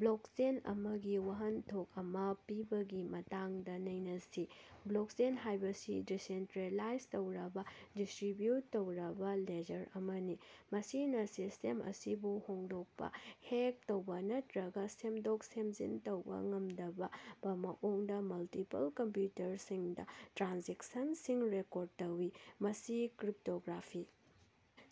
Blockchain ꯑꯃꯒꯤ ꯋꯥꯍꯟꯊꯣꯛ ꯑꯃꯥ ꯄꯤꯕꯥꯒꯤ ꯃꯇꯥꯡꯗ ꯅꯩꯅꯁꯤ꯫ ꯕ꯭ꯂꯣꯛꯆꯦꯟ ꯍꯥꯏꯕꯁꯤ ꯗꯤꯁꯦꯟꯇ꯭ꯔꯦꯂꯥꯏꯖ ꯇꯧꯔꯕꯥ, ꯗꯤꯁꯇ꯭ꯔꯤꯕ꯭ꯌꯨꯠ ꯇꯧꯔꯕꯥ ꯂꯦꯖꯔ ꯑꯃꯅꯤ, ꯃꯁꯤꯅꯥ ꯁꯤꯁꯇꯦꯝ ꯑꯁꯤꯕꯨ ꯍꯣꯡꯗꯣꯛꯄꯥ, ꯍꯦꯛ ꯇꯧꯕꯥ ꯅꯠꯇ꯭ꯔꯒꯥ ꯁꯦꯝꯗꯣꯛ-ꯁꯦꯝꯖꯤꯟ ꯇꯧꯕꯥ ꯉꯝꯗꯕꯥ ꯃꯑꯣꯡꯗꯥ ꯃꯜꯇꯤꯄꯜ ꯀꯝꯄ꯭ꯌꯨꯇꯔꯁꯤꯡꯗꯥ ꯇ꯭ꯔꯥꯟꯖꯦꯛꯁꯟꯁꯤꯡ ꯔꯦꯀꯣꯔꯗ ꯇꯧꯏ꯫ ꯃꯁꯤ ꯀ꯭ꯔꯤꯞꯇꯣꯒ꯭ꯔꯥꯐꯤ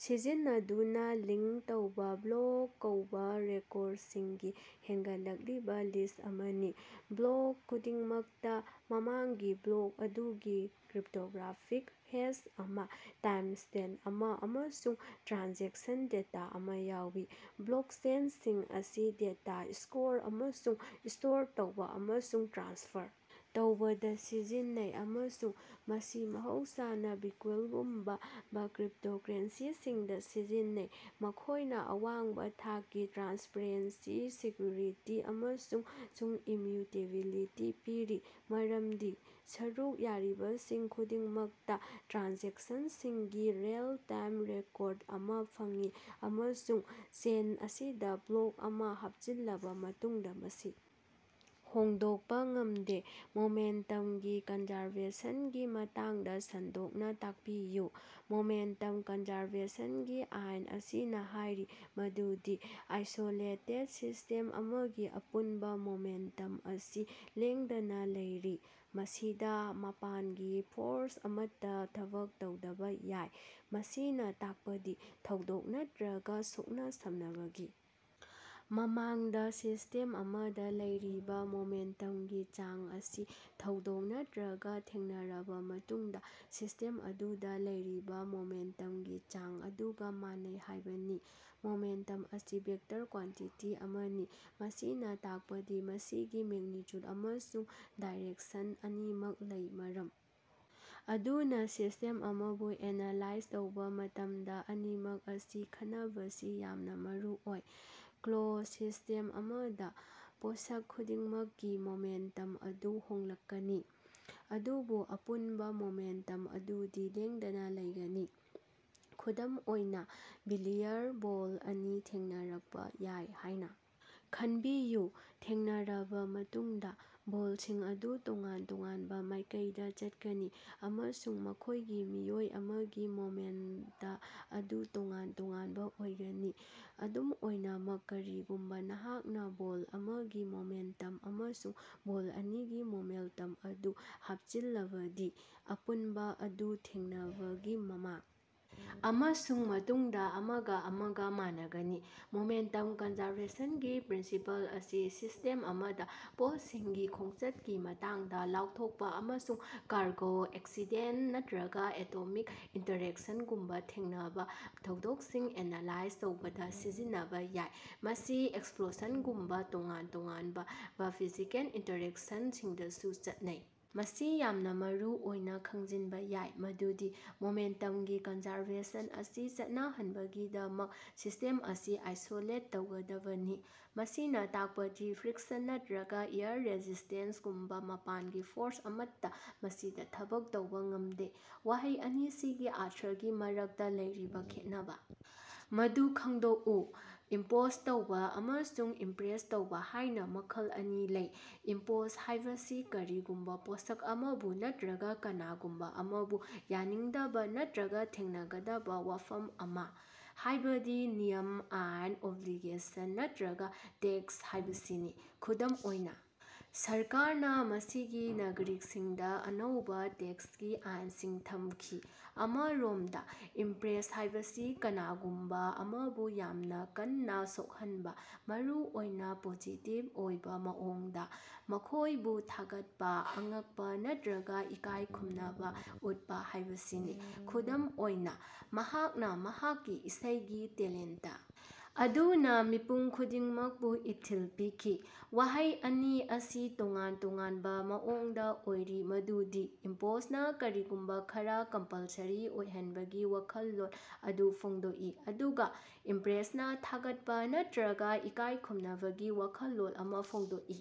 ꯁꯤꯖꯤꯟꯅꯗꯨꯅꯥ ꯂꯤꯡꯀ ꯇꯧꯕꯥ ꯕ꯭ꯂꯣꯛ ꯀꯧꯕꯥ ꯔꯦꯀꯣꯔꯗꯁꯤꯡꯒꯤ ꯍꯦꯟꯒꯠꯂꯛꯂꯤꯕꯥ ꯂꯤꯁ ꯑꯃꯅꯤ꯫ ꯕ꯭ꯂꯣꯛ ꯈꯨꯗꯤꯡꯃꯛꯇꯥ ꯃꯃꯥꯡꯒꯤ ꯕ꯭ꯂꯣꯛ ꯑꯗꯨꯒꯤ ꯀ꯭ꯔꯤꯞꯇꯣꯒ꯭ꯔꯥꯐꯤꯛ ꯍꯦꯁ ꯑꯃꯥ, ꯇꯥꯏꯝꯁ꯭ꯇꯦꯝ ꯑꯃꯥ ꯑꯃꯁꯨꯡ ꯇ꯭ꯔꯥꯟꯖꯦꯛꯁꯟ ꯗꯦꯇꯥ ꯑꯃꯥ ꯌꯥꯎꯏ꯫ ꯕ꯭ꯂꯣꯛꯆꯦꯟꯁꯤꯡ ꯑꯁꯤ ꯗꯦꯇꯥ ꯁꯦꯀ꯭ꯌꯨꯑꯣꯔ ꯑꯣꯏꯅꯥ ꯁ꯭ꯇꯣꯔ ꯇꯧꯕꯥ ꯑꯃꯁꯨꯡ ꯇ꯭ꯔꯥꯟꯁꯐꯔ ꯇꯧꯕꯗꯥ ꯁꯤꯖꯤꯟꯅꯩ ꯑꯃꯁꯨꯡ ꯃꯁꯤ ꯃꯍꯧꯁꯥꯅꯥ ꯕꯤꯠꯀꯣꯏꯟꯒꯨꯝꯕꯥ ꯀ꯭ꯔꯤꯞꯇꯣꯀꯔꯦꯟꯁꯤꯁꯤꯡꯗꯥ ꯁꯤꯖꯤꯟꯅꯩ꯫ ꯃꯈꯣꯏꯅꯥ ꯑꯋꯥꯡꯕꯥ ꯊꯥꯛꯀꯤ ꯇ꯭ꯔꯥꯟꯁꯄꯔꯦꯟꯁꯤ, ꯁꯦꯀ꯭ꯌꯨꯔꯤꯇꯤ ꯑꯃꯁꯨꯡ ꯏꯝꯃ꯭ꯌꯨꯇꯦꯕꯤꯂꯤꯇꯤ ꯄꯤꯔꯤ, ꯃꯔꯝꯗꯤ ꯁꯔꯨꯛ ꯌꯥꯔꯤꯕꯁꯤꯡ ꯈꯨꯗꯤꯡꯃꯛꯅꯥ ꯇ꯭ꯔꯥꯟꯖꯦꯛꯁꯟꯁꯤꯡꯒꯤ ꯔꯤꯑꯦꯜ-ꯇꯥꯏꯝ ꯔꯦꯀꯣꯔꯗ ꯑꯃꯥ ꯐꯪꯏ ꯑꯃꯁꯨꯡ ꯆꯦꯟ ꯑꯁꯤꯗꯥ ꯕ꯭ꯂꯣꯛ ꯑꯃꯥ ꯍꯥꯞꯆꯤꯜꯂꯕꯥ ꯃꯇꯨꯡꯗꯥ ꯃꯁꯤ ꯍꯣꯡꯗꯣꯛꯄꯥ ꯉꯝꯗꯦ꯫ ꯃꯣꯃꯦꯟꯇꯝꯒꯤ ꯀꯟꯖꯔꯕꯦꯁꯟꯒꯤ ꯃꯇꯥꯡꯗꯥ ꯁꯟꯗꯣꯛꯅꯥ ꯇꯥꯛꯄꯤꯌꯨ꯫ ꯃꯣꯃꯦꯟꯇꯝ ꯀꯟꯖꯔꯕꯦꯁꯟꯒꯤ ꯑꯥꯏꯟ ꯑꯁꯤꯅꯥ ꯍꯥꯏꯔꯤ ꯃꯗꯨꯗꯤ ꯑꯥꯏꯁꯣꯂꯦꯇꯦꯗ ꯁꯤꯁꯇꯦꯝ ꯑꯃꯒꯤ ꯑꯄꯨꯟꯕꯥ ꯃꯣꯃꯦꯟꯇꯝ ꯑꯁꯤ ꯂꯦꯡꯗꯅꯥ ꯂꯩꯔꯤ, ꯃꯁꯤꯗꯥ ꯃꯄꯥꯟꯒꯤ ꯐꯣꯔꯁ ꯑꯃꯠꯇꯥ ꯊꯕꯛ ꯇꯧꯗꯕꯥ ꯌꯥꯏ꯫ ꯃꯁꯤꯅꯥ ꯇꯥꯛꯄꯗꯤ ꯊꯧꯗꯣꯛ ꯅꯠꯇ꯭ꯔꯒꯥ ꯁꯣꯛꯅ-ꯁꯝꯅꯕꯒꯤ ꯃꯃꯥꯡꯗꯥ ꯁꯤꯁꯇꯦꯝ ꯑꯃꯗꯥ ꯂꯩꯔꯤꯕꯥ ꯃꯣꯃꯦꯟꯇꯝꯒꯤ ꯆꯥꯡ ꯑꯁꯤ ꯊꯧꯗꯣꯛ ꯅꯠꯇ꯭ꯔꯒꯥ ꯊꯦꯡꯅꯔꯕꯥ ꯃꯇꯨꯡꯗꯥ ꯁꯤꯁꯇꯦꯝ ꯑꯗꯨꯗꯥ ꯂꯩꯔꯤꯕꯥ ꯃꯣꯃꯦꯟꯇꯝꯒꯤ ꯆꯥꯡ ꯑꯗꯨꯒꯥ ꯃꯥꯟꯅꯩ ꯍꯥꯏꯕꯅꯤ꯫ ꯃꯣꯃꯦꯟꯇꯝ ꯑꯁꯤ ꯚꯦꯛꯇꯔ ꯀ꯭ꯋꯥꯟꯇꯤꯇꯤ ꯑꯃꯅꯤ, ꯃꯁꯤꯅꯥ ꯇꯥꯛꯄꯗꯤ ꯃꯁꯤꯒꯤ ꯃꯦꯛꯅꯤꯆ꯭ꯌꯨꯠ ꯑꯃꯁꯨꯡ ꯗꯤꯔꯦꯛꯁꯟ ꯑꯅꯤꯃꯛ ꯂꯩ, ꯃꯔꯝ ꯑꯗꯨꯅꯥ ꯁꯤꯁꯇꯦꯝ ꯑꯃꯕꯨ ꯑꯦꯅꯥꯂꯥꯏꯖ ꯇꯧꯕꯥ ꯃꯇꯝꯗꯥ ꯑꯅꯤꯃꯛ ꯑꯁꯤ ꯈꯟꯅꯕꯁꯤ ꯌꯥꯝꯅꯥ ꯃꯔꯨꯑꯣꯏ꯫ ꯀ꯭ꯂꯣꯖꯗ ꯁꯤꯁꯇꯦꯝ ꯑꯃꯗꯥ, ꯄꯣꯠꯁꯛ ꯈꯨꯗꯤꯡꯃꯛꯀꯤ ꯃꯣꯃꯦꯟꯇꯝ ꯑꯗꯨ ꯍꯣꯡꯂꯛꯀꯅꯤ, ꯑꯗꯨꯕꯨ ꯑꯄꯨꯟꯕꯥ ꯃꯣꯃꯦꯟꯇꯝ ꯑꯗꯨꯗꯤ ꯂꯦꯡꯗꯅꯥ ꯂꯩꯒꯅꯤ꯫ ꯈꯨꯗꯝ ꯑꯣꯏꯅꯥ, ꯕꯤꯂꯤꯌꯔ ꯕꯣꯜ ꯑꯅꯤ ꯊꯦꯡꯅꯔꯛꯄꯥ ꯌꯥꯏ ꯍꯥꯏꯅꯥ ꯈꯟꯕꯤꯌꯨ꯫ ꯊꯦꯡꯅꯔꯕꯥ ꯃꯇꯨꯡꯗꯥ, ꯕꯣꯜꯁꯤꯡ ꯑꯗꯨ ꯇꯣꯉꯥꯟ-ꯇꯣꯉꯥꯟꯕ ꯃꯥꯏꯀꯩꯗꯥ ꯆꯠꯀꯅꯤ ꯑꯃꯁꯨꯡ ꯃꯈꯣꯏꯒꯤ ꯃꯤꯑꯣꯏ ꯑꯃꯒꯤ ꯃꯣꯃꯦꯟꯇ ꯑꯗꯨ ꯇꯣꯉꯥꯟ-ꯇꯣꯉꯥꯟꯕ ꯑꯣꯏꯒꯅꯤ꯫ ꯑꯗꯨꯝ ꯑꯣꯏꯅꯃꯛ, ꯀꯔꯤꯒꯨꯝꯕꯥ ꯅꯍꯥꯛꯅꯥ ꯕꯣꯜ ꯑꯃꯒꯤ ꯃꯣꯃꯦꯟꯇꯝ ꯑꯃꯁꯨꯡ ꯕꯣꯜ ꯑꯅꯤꯒꯤ ꯃꯣꯃꯦꯟꯇꯝ ꯑꯗꯨ ꯍꯥꯞꯆꯤꯜꯂꯕꯗꯤ, ꯑꯄꯨꯟꯕꯥ ꯑꯗꯨ ꯊꯦꯡꯅꯕꯒꯤ ꯃꯃꯥꯡ ꯑꯃꯁꯨꯡ ꯃꯇꯨꯡꯗꯥ ꯑꯃꯒꯥ ꯑꯃꯒꯥ ꯃꯥꯟꯅꯒꯅꯤ꯫ ꯃꯣꯃꯦꯟꯇꯝ ꯀꯟꯖꯔꯕꯦꯁꯟꯒꯤ ꯄ꯭ꯔꯤꯟꯁꯤꯄꯜ ꯑꯁꯤ ꯁꯤꯁꯇꯦꯝ ꯑꯃꯗꯥ ꯄꯣꯠꯁꯤꯡꯒꯤ ꯈꯣꯡꯆꯠꯀꯤ ꯃꯇꯥꯡꯗꯥ ꯂꯥꯎꯊꯣꯛꯄꯥ ꯑꯃꯁꯨꯡ ꯀꯥꯔꯒꯣ ꯑꯦꯛꯁꯤꯗꯦꯟꯇ ꯅꯠꯇ꯭ꯔꯒꯥ ꯑꯦꯇꯣꯃꯤꯛ ꯏꯟꯇꯔꯦꯛꯁꯟꯒꯨꯝꯕꯥ ꯊꯦꯡꯅꯕꯥ ꯊꯧꯗꯣꯛꯁꯤꯡ ꯑꯦꯅꯥꯂꯥꯏꯖ ꯇꯧꯕꯗꯥ ꯁꯤꯖꯤꯟꯅꯕꯥ ꯌꯥꯏ꯫ ꯃꯁꯤ ꯑꯦꯛꯁꯄ꯭ꯂꯣꯁꯟꯒꯨꯝꯕꯥ ꯇꯣꯉꯥꯟ-ꯇꯣꯉꯥꯟꯕꯥ ꯐꯤꯖꯤꯀꯦꯜ ꯏꯟꯇꯔꯦꯛꯁꯟꯁꯤꯡꯗꯁꯨ ꯆꯠꯅꯩ꯫ ꯃꯁꯤ ꯌꯥꯝꯅꯥ ꯃꯔꯨꯑꯣꯏꯅꯥ ꯈꯪꯖꯤꯟꯕꯥ ꯌꯥꯏ ꯃꯗꯨꯗꯤ ꯃꯣꯃꯦꯟꯇꯝꯒꯤ ꯀꯟꯖꯔꯕꯦꯁꯟ ꯑꯁꯤ ꯆꯠꯅꯍꯟꯅꯕꯒꯤꯗꯃꯛ, ꯁꯤꯁꯇꯦꯝ ꯑꯁꯤ ꯑꯥꯏꯁꯣꯂꯦꯠ ꯇꯧꯒꯗꯕꯅꯤ, ꯃꯁꯤꯅꯥ ꯇꯥꯛꯄꯗꯤ ꯐ꯭ꯔꯤꯛꯁꯟ ꯅꯠꯇ꯭ꯔꯒꯥ ꯑꯦꯌꯔ ꯔꯦꯁꯤꯁꯇꯦꯟꯁꯒꯨꯝꯕꯥ ꯃꯄꯥꯟꯒꯤ ꯐꯣꯔꯁ ꯑꯃꯠꯇꯥ ꯃꯁꯤꯗꯥ ꯊꯕꯛ ꯇꯧꯕꯥ ꯉꯝꯗꯦ꯫ ꯋꯥꯍꯩ ꯑꯅꯤꯁꯤꯒꯤ ꯑꯔꯊꯒꯤ ꯃꯔꯛꯇꯥ ꯂꯩꯔꯤꯕꯥ ꯈꯦꯟꯅꯕꯥ ꯑꯗꯨ ꯈꯪꯗꯣꯛꯎ꯫ ꯏꯝꯄꯣꯖ ꯇꯧꯕꯥ ꯑꯃꯁꯨꯡ ꯏꯝꯄ꯭ꯔꯦꯁ ꯇꯧꯕꯥ ꯍꯥꯏꯅ ꯃꯈꯜ ꯑꯅꯤ ꯂꯩ꯫ ꯏꯝꯄꯣꯖ ꯍꯥꯏꯕꯁꯤ ꯀꯔꯤꯒꯨꯝꯕꯥ ꯄꯣꯠꯁꯛ ꯑꯃꯕꯨ ꯅꯠꯇ꯭ꯔꯒꯥ ꯀꯅꯥꯒꯨꯝꯕꯥ ꯑꯃꯕꯨ ꯌꯥꯅꯤꯡꯗꯕꯥ ꯅꯠꯇ꯭ꯔꯒꯥ ꯊꯦꯡꯅꯒꯗꯕꯥ ꯋꯥꯐꯝ ꯑꯃꯥ, ꯍꯥꯏꯕꯗꯤ ꯅꯤꯌꯝ, ꯑꯥꯏꯟ, ꯑꯣꯕ꯭ꯂꯤꯒꯦꯁꯟ ꯅꯠꯇ꯭ꯔꯒꯥ ꯇꯦꯛꯁ ꯍꯥꯏꯕꯁꯤꯅꯤ꯫ ꯈꯨꯗꯝ ꯑꯣꯏꯅꯥ, ꯁꯔꯀꯥꯔꯅꯥ ꯃꯁꯤꯒꯤ ꯅꯥꯒꯔꯤꯛꯁꯤꯡꯗꯥ ꯑꯅꯧꯕꯥ ꯇꯦꯛꯁꯀꯤ ꯑꯥꯏꯟꯁꯤꯡ ꯊꯝꯈꯤ꯫ ꯑꯃꯔꯣꯝꯗꯥ, ꯏꯝꯄ꯭ꯔꯦꯁ ꯍꯥꯏꯕꯁꯤ ꯀꯅꯥꯒꯨꯝꯕꯥ ꯑꯃꯕꯨ ꯌꯥꯝꯅꯥ ꯀꯟꯅꯥ ꯁꯣꯛꯍꯟꯕꯥ, ꯃꯔꯨꯑꯣꯏꯅꯥ ꯄꯣꯖꯤꯇꯤꯚ ꯑꯣꯏꯕꯥ ꯃꯑꯣꯡꯗꯥ, ꯃꯈꯣꯏꯕꯨ ꯊꯥꯒꯠꯄꯥ, ꯑꯉꯛꯄꯥ ꯅꯠꯇ꯭ꯔꯒꯥ ꯏꯀꯥꯏ ꯈꯨꯝꯅꯕꯥ ꯎꯠꯄꯥ ꯍꯥꯏꯕꯁꯤꯅꯤ꯫ ꯈꯨꯗꯝ ꯑꯣꯏꯅꯥ, ꯃꯍꯥꯛꯅꯥ ꯃꯍꯥꯛꯀꯤ ꯏꯁꯩꯒꯤ ꯇꯦꯂꯦꯟꯇ ꯑꯗꯨꯅꯥ ꯃꯤꯄꯨꯝ ꯈꯨꯗꯤꯡꯃꯛꯄꯨ ꯏꯊꯤꯜ ꯄꯤꯈꯤ꯫ ꯋꯥꯍꯩ ꯑꯅꯤ ꯑꯁꯤ ꯇꯣꯉꯥꯟ ꯇꯣꯉꯥꯟꯕ ꯃꯑꯣꯡꯗꯥ ꯑꯣꯏꯔꯤ ꯃꯗꯨꯗꯤ ꯏꯝꯄꯣꯖꯅꯥ ꯀꯔꯤꯒꯨꯝꯕꯥ ꯈꯔꯥ ꯀꯝꯄꯜꯁꯔꯤ ꯑꯣꯏꯍꯟꯕꯒꯤ ꯋꯥꯈꯜꯂꯣꯟ ꯑꯗꯨ ꯐꯣꯡꯗꯣꯛꯏ ꯑꯗꯨꯒꯥ ꯏꯝꯄ꯭ꯔꯦꯁꯅꯥ ꯊꯥꯒꯠꯄꯥ ꯅꯠꯇ꯭ꯔꯒꯥ ꯏꯀꯥꯏ ꯈꯨꯝꯅꯕꯒꯤ ꯋꯥꯈꯜꯂꯣꯟ ꯑꯃꯥ ꯐꯣꯡꯗꯣꯛꯏ꯫